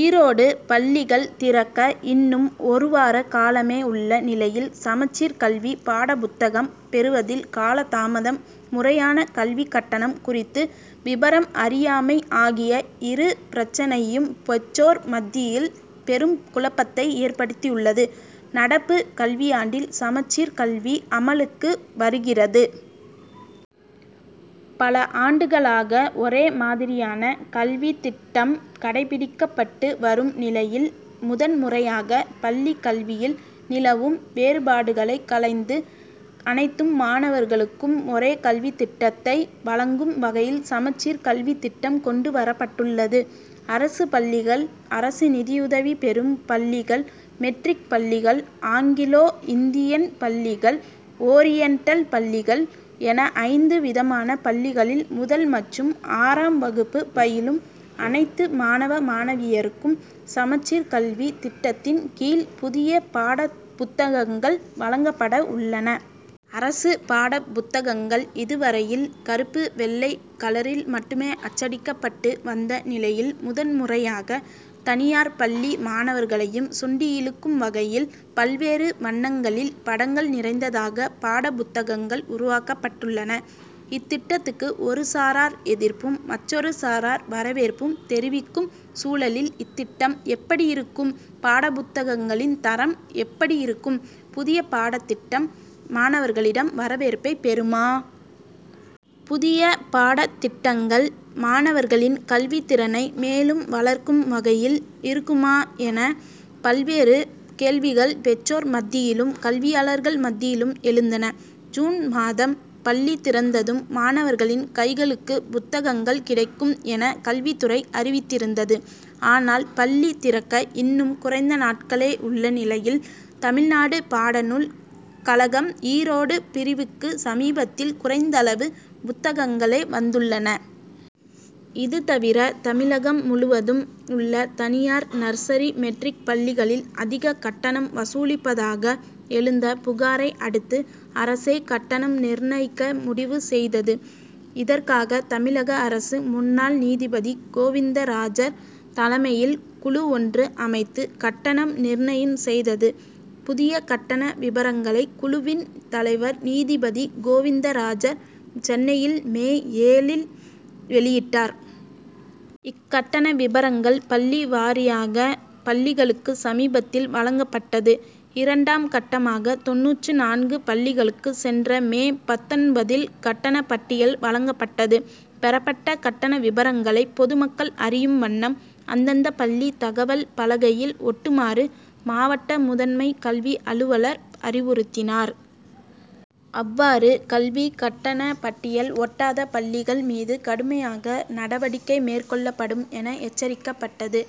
ஈரோடு பள்ளிகள் திறக்க இன்னும் ஒருவார காலமே உள்ள நிலையில் சமச்சீர் கல்வி பாடப்புத்தகம் பெறுவதில் காலதாமதம், முறையான கல்விக் கட்டணம் குறித்து விபரம் அறியாமை ஆகிய இரு பிரச்சனையும் பெற்றோர் மத்தியில் பெரும் குழப்பத்தை ஏற்படுத்தியுள்ளது. நடப்பு கல்வியாண்டில் சமச்சீர் கல்வி அமலுக்கு வருகிறது. பல ஆண்டுகளாக ஒரே மாதிரியான கல்வித்திட்டம் கடைபிடிக்கப்பட்டு வரும் நிலையில், முதன் முறையாக பள்ளிக் கல்வியில் நிலவும் வேறுபாடுகளை களைந்து, அனைத்து மாணவர்களுக்கும் ஒரே கல்வித்திட்டத்தை வழங்கும் வகையில், சமச்சீர் கல்வித்திட்டம் கொண்டு வரப்பட்டுள்ளது. அரசு பள்ளிகள், அரசு நிதியுதவி பெறும் பள்ளிகள், மெட்ரிக் பள்ளிகள், ஆங்கிலோ இந்தியன் பள்ளிகள், ஓரியண்டல் பள்ளிகள் என ஐந்து விதமான பள்ளிகளில் முதல் மற்றும் ஆறாம் வகுப்பு பயிலும் அனைத்து மாணவ, மாணவியருக்கும், சமச்சீர் கல்வி திட்டத்தின் கீழ் புதிய பாடப்புத்தகங்கள் வழங்கப்பட உள்ளன. அரசு பாடப்புத்தகங்கள் இதுவரையில் கறுப்பு, வெள்ளை கலரில் மட்டுமே அச்சடிக்கப்பட்டு வந்த நிலையில், முதன் முறையாக தனியார் பள்ளி மாணவர்களையும் சுண்டியிழுக்கும் வகையில், பல்வேறு வண்ணங்களில் படங்கள் நிறைந்ததாக பாடப்புத்தகங்கள் உருவாக்கப்பட்டுள்ளன. இத்திட்டத்துக்கு ஒரு சாரார் எதிர்ப்பும், மற்றொரு சாரார் வரவேற்பும் தெரிவிக்கும் சூழலில், இத்திட்டம் எப்படியிருக்கும், பாடப்புத்தகங்களின் தரம் எப்படி இருக்கும், புதிய பாடத்திட்டம் மாணவர்களிடம் வரவேற்பை பெறுமா? புதிய பாடத்திட்டங்கள் மாணவர்களின் கல்வித்திறனை மேலும் வளர்க்கும் வகையில் இருக்குமா? என பல்வேறு கேள்விகள் பெற்றோர் மத்தியிலும், கல்வியாளர்கள் மத்தியிலும் எழுந்துள்ளன. ஜூன் மாதம் பள்ளி திறந்ததும் மாணவர்களின் கைகளுக்கு புத்தகங்கள் கிடைக்கும் என கல்வித்துறை அறிவித்திருந்தது. ஆனால், பள்ளி திறக்க இன்னும் குறைந்த நாட்களே உள்ள நிலையில் தமிழ்நாடு பாடநூல் கழகம் ஈரோடு பிரிவுக்கு சமீபத்தில் குறைந்தளவு புத்தகங்களே வந்துள்ளன. இதுதவிர, தமிழகம் முழுவதும் உள்ள தனியார், நர்ஸரி, மெட்ரிக் பள்ளிகளில் அதிக கட்டணம் வசூலிப்பதாக எழுந்த புகாரை அடுத்து, அரசே கட்டணம் நிர்ணயிக்க முடிவு செய்தது. இதற்காக தமிழக அரசு முன்னாள் நீதிபதி கோவிந்தராஜர் தலைமையில் குழு ஒன்று அமைத்து கட்டணம் நிர்ணயம் செய்தது. புதிய கட்டண விபரங்களை, குழுவின் தலைவர் நீதிபதி கோவிந்தராஜர் சென்னையில் மே ஏழில் வெளியிட்டார். இக்கட்டண விபரங்கள் பள்ளி வாரியாக பள்ளிகளுக்கு சமீபத்தில் வழங்கப்பட்டது. இரண்டாம் கட்டமாக தொண்ணூற்று நான்கு பள்ளிகளுக்கு சென்ற மே பத்தொன்பதில் கட்டண பட்டியல் வழங்கப்பட்டது. பெறப்பட்ட கட்டண விபரங்களை பொதுமக்கள் அறியும் வண்ணம் அந்தந்த பள்ளி தகவல் பலகையில் ஒட்டுமாறு மாவட்ட முதன்மை கல்வி அலுவலர் அறிவுறுத்தினார். அவ்வாறு கல்வி கட்டண பட்டியல் ஒட்டாத பள்ளிகள் மீது கடுமையாக நடவடிக்கை மேற்கொள்ளப்படும் என எச்சரிக்கப்பட்டது.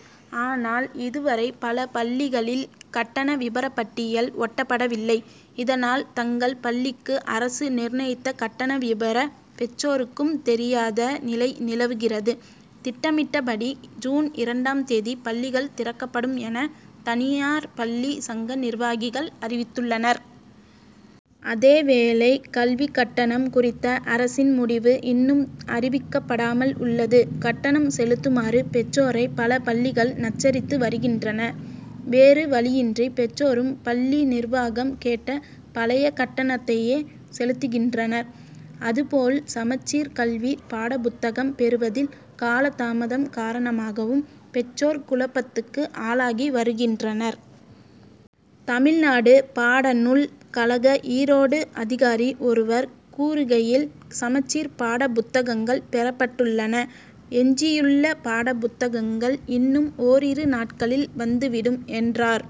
ஆனால், இதுவரை பல பள்ளிகளில் கட்டண விபரப்பட்டியல் ஒட்டப்படவில்லை. இதனால், தங்கள் பள்ளிக்கு அரசு நிர்ணயித்த கட்டண விபர பெற்றோருக்கும் தெரியாத நிலை நிலவுகிறது. திட்டமிட்டபடி ஜூன் இரண்டாம் தேதி பள்ளிகள் திறக்கப்படும் என தனியார் பள்ளி சங்க நிர்வாகிகள் அறிவித்துள்ளனர். அதேவேளை கல்விக் கட்டணம் குறித்த அரசின் முடிவு இன்னும் அறிவிக்கப்படாமல் உள்ளது. கட்டணம் செலுத்துமாறு பெற்றோரை பல பள்ளிகள் நச்சரித்து வருகின்றன. வேறு வழியின்றி பெற்றோரும் பள்ளி நிர்வாகம் கேட்ட பழைய கட்டணத்தையே செலுத்துகின்றனர். அதுபோல் சமச்சீர் கல்வி பாடப்புத்தகம் பெறுவதில் காலதாமதம் காரணமாகவும் பெற்றோர் குழப்பத்துக்கு ஆளாகி வருகின்றனர். தமிழ்நாடு பாடநூல் கழக ஈரோடு அதிகாரி ஒருவர் கூறுகையில், சமச்சீர் பாடப்புத்தகங்கள் பெறப்பட்டுள்ளன. எஞ்சியுள்ள பாடப்புத்தகங்கள் இன்னும் ஓரிரு நாட்களில் வந்துவிடும், என்றார்.